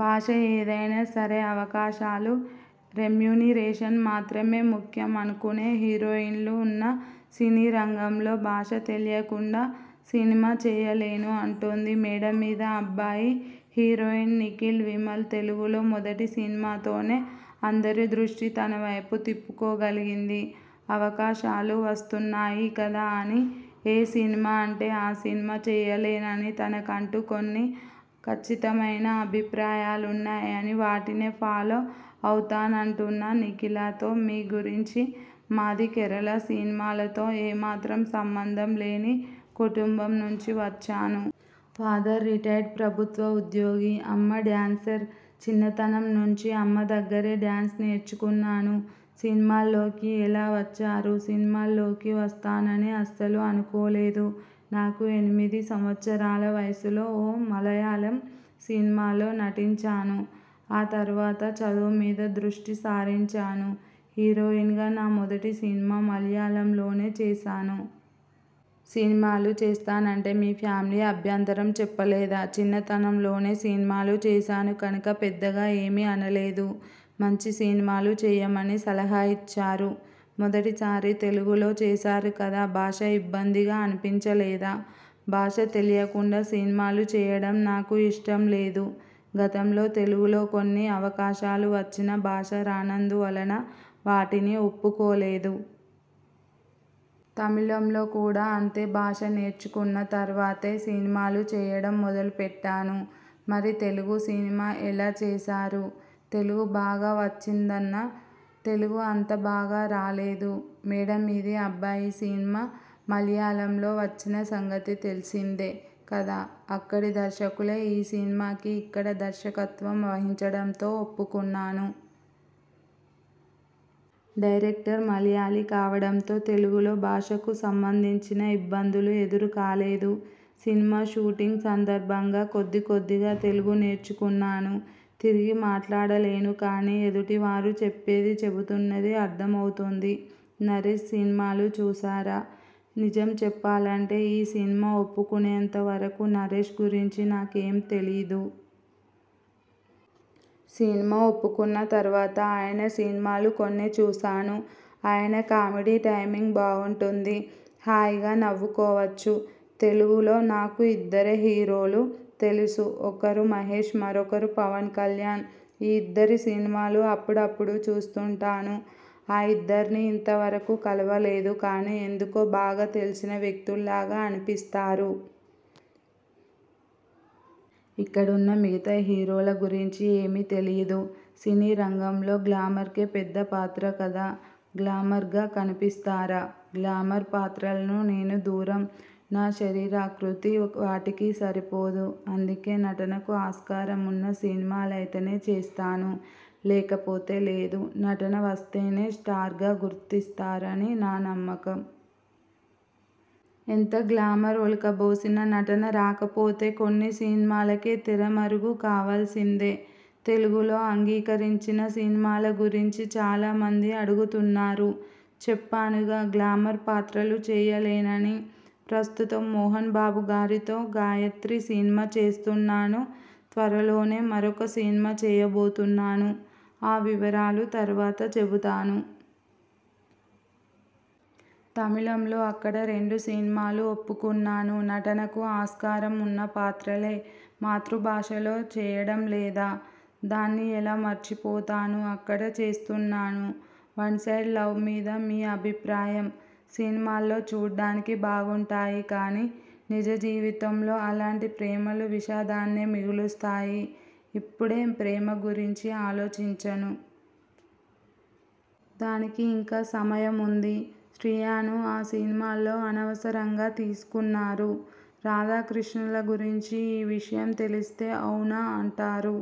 భాష ఏదైనా సరే అవకాశాలూ, రెమ్యునరేషన్ మాత్రమే ముఖ్యం అనుకునే హీరోయిన్లు ఉన్న సినీ రంగంలో భాష తెలియకుండా సినిమా చేయలేను అంటోంది 'మేడమీద అబ్బాయి' హీరోయిన్ నిఖిల్ విమల్. తెలుగులో మొదటి సినిమాతోనే అందరిదృష్టి తనవైపు తిప్పుకోగలిగింది. అవకాశాలు వస్తున్నాయి కదా అని ఏ సినిమా అంటే ఆ సినిమా చేయలేననీ, తనకంటూ కొన్ని కచ్చితమైన అభిప్రాయాలున్నాయనీ వాటినే ఫాలో అవుతానంటున్న నిఖిలాతో మీ గురించి- మాది కేరళ సినిమాలతో ఏ మాత్రం సంబంధం లేని కుటుంబం నుంచి వచ్చాను. ఫాదర్ రిటైర్డ్ ప్రభుత్వ ఉద్యోగి, అమ్మ డ్యాన్సర్. చిన్నతనం నుంచి అమ్మ దగ్గరే డ్యాన్స్ నేర్చుకున్నాను. సినిమాల్లోకి ఎలా వచ్చారు? సినిమాల్లోకి వస్తానని అస్సలు అనుకోలేదు. నాకు ఎనిమిది సంవత్సరాల వయస్సులో ఓ మళయాళం సినిమాలో నటించాను. ఆ తరువాత చదువుమీద దృష్టి సారించాను. హీరోయిన్గా నా మొదటి సినిమా మళయళంలోనే చేశాను. సినిమాలు చేస్తానంటే మీ ఫ్యామిలీ అభ్యంతరం చెప్పలేదా? చిన్నతనంలోనే సినిమాలు చేశాను కనుక పెద్దగా ఏమీ అనలేదు. మంచి సినిమాలు చేయమని సలహా ఇచ్చారు. మొదటిసారి తెలుగులో చేశారు కదా. భాష ఇబ్బందిగా అనిపించలేదా? భాష తెలియకుండా సినిమాలు చేయడం నాకు ఇష్టం లేదు. గతంలో తెలుగులో కొన్ని అవకాశాలు వచ్చినా భాష రానందువలనే వాటిని ఒప్పుకోలేదు. తమిళంలో కూడా అంతే భాష నేర్చుకున్న తరువాతే సినిమాలు చేయడం మొదలు పెట్టాను. మరి తెలుగు సినిమా ఎలా చేశారు. తెలుగు బాగా వచ్చిందన్న తెలుగు అంత బాగా రాలేదు. 'మేడ మీద అబ్బాయి' సినిమా మళయాళంలో వచ్చిన సంగతి తెలిసిందే కదా! అక్కడి దర్శకులే ఈ సినిమాకి ఇక్కడ దర్శకత్వం వహించడంతో ఒప్పుకున్నాను. డైరెక్టర్ మళయాళీ కావడంతో తెలుగులో భాషకు సంబంధించిన ఇబ్బందులు ఎదురు కాలేదు. సినిమా షూటింగ్ సందర్భంగా కొద్ది కొద్దిగా తెలుగు నేర్చుకున్నాను. తిరిగి మాట్లాడలేను కానీ ఎదుటి వారు చెప్పేదీ, చెబుతున్నదీ అర్థమవుతోంది. నరేష్ సినిమాలు చూశారా? నిజం చెప్పాలంటే ఈ సినిమా ఒప్పుకునేంత వరకూ నరేష్ గురించి నాకు ఏమీ తెలియదు. సినిమా ఒప్పుకున్న తరువాత ఆయన సినిమాలు కొన్ని చూశాను. ఆయన కామెడీ టైమింగు బాగుంటుంది. హాయిగా నవ్వుకోవచ్చు. తెలుగులో నాకు ఇద్దరే హీరోలు తెలుసు. ఒకరు మహేష్, మరొకరు పవన్ కల్యాణ్. ఈ ఇద్దరి సినిమాలు అప్పుడప్పుడు చూస్తుంటాను. ఆ ఇద్దరినీ ఇంతవరకూ కలవలేదు. కానీ ఎందుకో బాగా తెలిసిన వ్యక్తుల్లాగా అనిపిస్తారు. ఇక్కడున్న మిగతా హీరోల గురించి ఏమీ తెలియదు. సినీ రంగంలో గ్లామర్కే పెద్ద పాత్ర కదా గ్లామర్గా కనిపిస్తారా? గ్లామర్ పాత్రల్ను నేను దూరం. నా శరీరాకృతి వాటికి సరిపోదు. అందుకే నటనకు ఆస్కారం ఉన్న సినిమా లైతేనే చేస్తాను. లేకపోతే లేదు. నటన వస్తేనే స్టార్గా గుర్తిస్తారని నా నమ్మకం. ఎంత గ్లామరు ఒలకబోసినా, నటన రాకపోతే కొన్ని సినిమాలకే తెరమరుగు కావలసిందే. తెలుగులో అంగీకరించిన సినిమాల గురించి చాలా మంది అడుగుతున్నారు. చెప్పానుగా గ్లామర్ పాత్రలు చేయలేననీ. ప్రస్తుతం మోహన్ బాబు గారితో 'గాయత్రి' సినిమా చేస్తున్నాను. త్వరలోనే మరొక సినిమా చేయబోతున్నాను. ఆ వివరాలు తరువాత చెబుతాను. తమిళంలో అక్కడ రెండు సినిమాలు ఒప్పుకున్నాను. నటనకు ఆస్కారం ఉన్న పాత్రలే! మాతృభాషలో చేయడం లేదా? దాన్ని ఎలా మరిచిపోతాను. అక్కడా చేస్తున్నాను. వన్సైడ్ లవ్ మీద మీ అభిప్రాయం? సినిమాల్లో చూడడానికి బాగుంటాయి కానీ, నిజజీవితంలో అలాంటి ప్రేమలు విషాదాన్నే మిగులుస్తాయి. ఇప్పుడేం ప్రేమ గురించి ఆలోచించను. దానికి ఇంకా సమయముంది. 'శ్రియను ఆ సినిమాలో అనవసరంగా తీసుకున్నారు' రాధాకృష్ణుల గురించి ఈ విషయం తెలిస్తే ఔనా అంటారు.